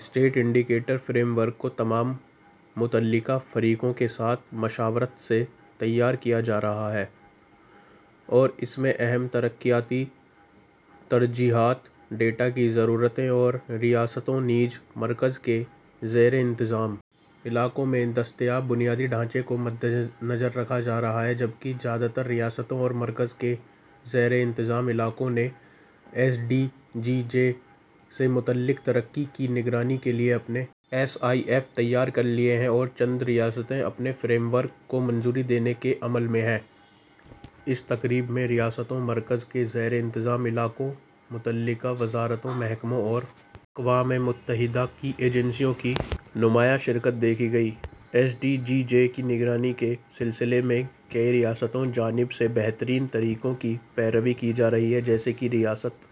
state indicator framework کو تمام متعلقہ فریقوں کے ساتھ مشاورت سے تیار کیا جا رہا ہے اور اس میں اہم ترقیاتی ترجیحات ڈیٹا کی ضروریات اور ریاستوں نیز مرکز کے زیر انتظام علاقوں میں دستیاب بنیادی ڈھانچے کو مدنظر رکھا جا رہا ہے جبکہ زیادہ تر ریاستوں اور مرکز کے زیر انتظام علاقوں نے ایس ڈی جیز سے متعلق ترقی کی نگرانی کے لیے اپنے ایس آئی ایف تیار کر لیے ہیں اور چند ریاستیں اپنے فریم ورک کو منظوری دینے کے عمل میں ہیں اس تقریب میں ریاستوں مرکز کے زیر انتظام علاقوں متعلقہ وزارتوں محکموں اور اقوام متحدہ کی ایجنسیوں کی نمایاں شرکت دیکھی گئی ایس ڈی جیز کی نگرانی کے سلسلے میں کئی ریاستوں کی جانب سے بہترین طریقوں کی پیروی کی جا رہی ہے جیسے کہ ریاست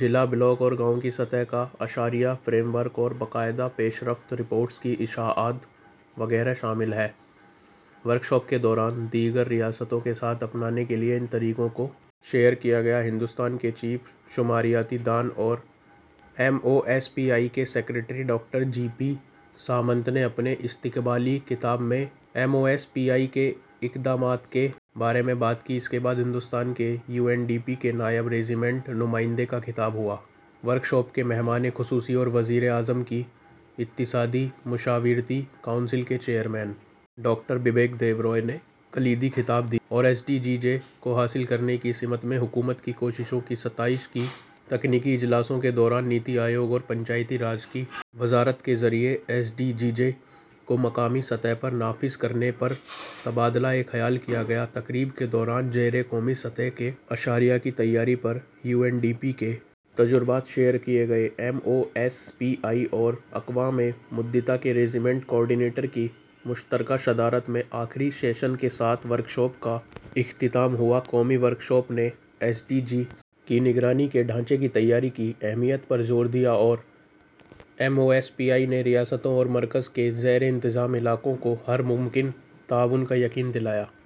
ضلع بلاک اور گاؤں کی سطح کا اشاریہ فریم ورک اور باقاعدہ پیش رفت رپورٹس کی اشاعت وغیرہ شامل ہیں ورکشاپ کے دوران دیگر ریاستوں کے ساتھ اپنانے کے لیے ان طریقوں کو شیئر کیا گیا ہندوستان کے چیف شماریات دان اور M O S P I کے secretary doctor G P Samant نے اپنے استقبالیہ خطاب میں M O S P I کے اقدامات کے بارے میں بات کی اس کے بعد ہندوستان میں یو این ڈی پی کے نائب ریذیڈنٹ نمائندے کا خطاب ہوا ورکشاپ کے مہمان خصوصی اور وزیر اعظم کی اقتصادی مشاورتی کونسل کے چیئرمین ڈاکٹر بیبیک دیبرائے نے کلیدی خطبہ دیا اور ایس ڈی جیز کو حاصل کرنے کی سمت میں حکومت کی کوششوں کی ستائش کی تکنیکی اجلاسوں کے دوران نیتی آیوگ اور پنچایتی راج کی وزارت کے ذریعہ ایس ڈی جیز کو مقامی سطح پر نافذ کرنے پر تبادلہ خیال کیا گیا تقریب کے دوران ذیلی قومی سطح کے اشاریہ کی تیاری پر یو این ڈی پی کے تجربات شیئر کیے گئے M O S P I اور اقوام متحدہ کے ریزیڈنٹ کوآرڈینیٹر کی مشترکہ صدارت میں آخری سیشن کے ساتھ ورکشاپ کا اختتام ہوا قومی ورکشاپ نے ایس ڈی جی کی نگرانی کا ڈھانچہ تیار کرنے کی اہمیت پر زور دیا اور M O S P I نے ریاستوں اور مرکز کے زیر انتظام علاقوں کو ہر ممکن تعاون کا یقین دلایا